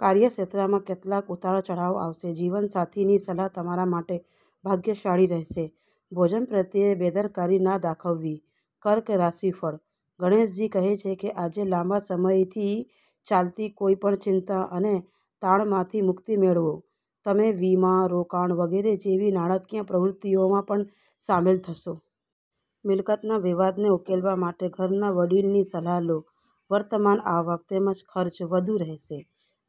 કાર્યક્ષેત્રમાં કેટલાક ઉતાર-ચઢાવ આવશે. જીવનસાથીની સલાહ તમારા માટે ભાગ્યશાળી રહેશે. ભોજન પ્રત્યે બેદરકારી ન દાખવવી. કર્ક રાશિફળ: ગણેશજી કહે છે કે આજે લાંબા સમયથી ચાલતી કોઈપણ ચિંતા અને તાણમાંથી મુક્તિ મેળવો. તમે વીમા, રોકાણ વગેરે જેવી નાણાકીય પ્રવૃત્તિઓમાં પણ સામેલ થશો. મિલકતના વિવાદને ઉકેલવા માટે ઘરના વડીલની સલાહ લો. વર્તમાન આવક તેમજ ખર્ચ વધુ રહેશે.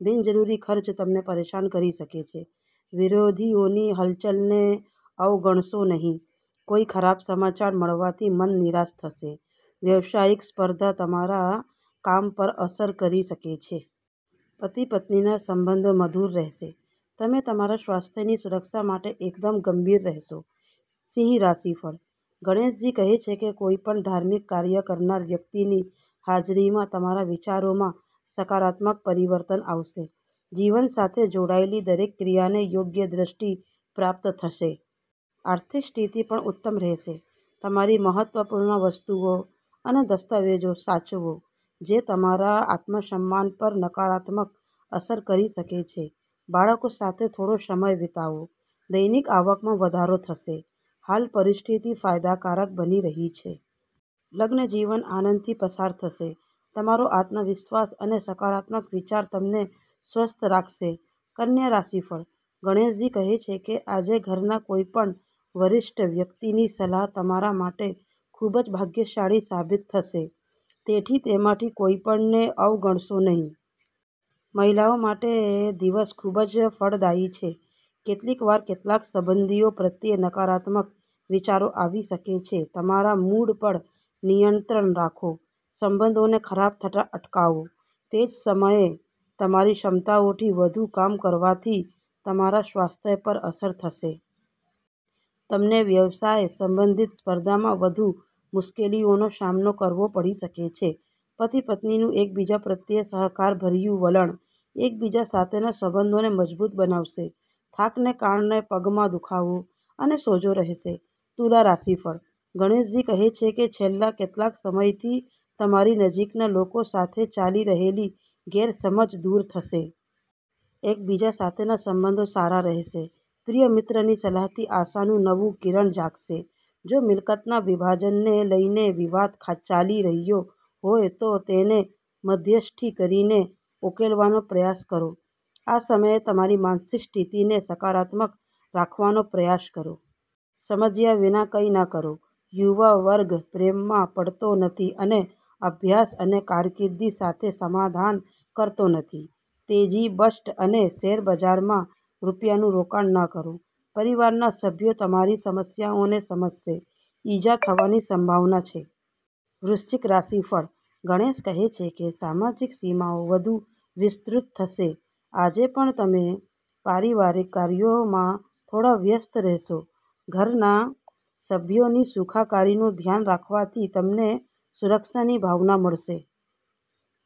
બિનજરૂરી ખર્ચ તમને પરેશાન કરી શકે છે. વિરોધીઓની હલચલને અવગણશો નહીં. કોઈ ખરાબ સમાચાર મળવાથી મન નિરાશ થશે. વ્યવસાયિક સ્પર્ધા તમારા કામ પર અસર કરી શકે છે. પતિ-પત્નીના સંબંધો મધુર રહેશે. તમે તમારા સ્વાસ્થ્યની સુરક્ષા માટે એકદમ ગંભીર રહેશો. સિંહ રાશિફળ: ગણેશજી કહે છે કે કોઈપણ ધાર્મિક કાર્ય કરનાર વ્યક્તિની હાજરીમાં તમારા વિચારોમાં સકારાત્મક પરિવર્તન આવશે. જીવન સાથે જોડાયેલી દરેક ક્રિયાને યોગ્ય દ્રષ્ટિ પ્રાપ્ત થશે. આર્થિક સ્થિતિ પણ ઉત્તમ રહેશે. તમારી મહત્વપૂર્ણ વસ્તુઓ અને દસ્તાવેજો સાચવો જે તમારા આત્મસન્માન પર નકારાત્મક અસર કરી શકે છે. બાળકો સાથે થોડો સમય વિતાવો. દૈનિક આવકમાં વધારો થશે. હાલ પરિસ્થિતિ ફાયદાકારક બની રહી છે. લગ્નજીવન આનંદથી પસાર થશે. તમારો આત્મવિશ્વાસ અને સકારાત્મક વિચાર તમને સ્વસ્થ રાખશે. કન્યા રાશિફળ: ગણેશજી કહે છે કે આજે ઘરના કોઈપણ વરિષ્ઠ વ્યક્તિની સલાહ તમારા માટે ખૂબ જ ભાગ્યશાળી સાબિત થશે. તેથી તેમાંથી કોઈપણને અવગણશો નહીં. મહિલાઓ માટે દિવસ ખૂબ જ ફળદાયી છે. કેટલીકવાર કેટલાક સંબંધીઓ પ્રત્યે નકારાત્મક વિચારો આવી શકે છે. તમારા મૂડ પર નિયંત્રણ રાખો. સંબંધોને ખરાબ થતા અટકાવો. તે જ સમયે, તમારી ક્ષમતાઓથી વધુ કામ કરવાથી તમારા સ્વાસ્થ્ય પર અસર થશે. તમને વ્યવસાય સંબંધિત સ્પર્ધામાં વધુ મુશ્કેલીઓનો સામનો કરવો પડી શકે છે. પતિ-પત્નીનું એકબીજા પ્રત્યે સહકારભર્યું વલણ એકબીજા સાથેના સંબંધોને મજબૂત બનાવશે. થાકને કારણે પગમાં દુખાવો અને સોજો રહેશે. તુલા રાશિફળ: ગણેશજી કહે છે કે છેલ્લા કેટલાક સમયથી તમારી નજીકના લોકો સાથે ચાલી રહેલી ગેરસમજ દૂર થશે. એકબીજા સાથેના સંબંધો સારા રહેશે. પ્રિય મિત્રની સલાહથી આશાનું નવું કિરણ જાગશે. જો મિલકતના વિભાજનને લઈને વિવાદ ચાલી રહ્યો હોય, તો તેને મધ્યસ્થી કરીને ઉકેલવાનો પ્રયાસ કરો. આ સમયે તમારી માનસિક સ્થિતિને સકારાત્મક રાખવાનો પ્રયાસ કરો. સમજ્યા વિના કંઈ ન કરો. યુવા વર્ગ પ્રેમમાં પડતો નથી અને અભ્યાસ અને કારકિર્દી સાથે સમાધાન કરતો નથી. તેજી-બસ્ટ અને શેરબજારમાં રૂપિયાનું રોકાણ ન કરો. પરિવારના સભ્યો તમારી સમસ્યાઓને સમજશે. ઈજા થવાની સંભાવના છે. વૃશ્ચિક રાશિફળ: ગણેશ કહે છે કે સામાજિક સીમાઓ વધુ વિસ્તૃત થશે. આજે પણ તમે પારિવારિક કાર્યોમાં થોડા વ્યસ્ત રહેશો. ઘરના સભ્યોની સુખાકારીનું ધ્યાન રાખવાથી તેમને સુરક્ષાની ભાવના મળશે.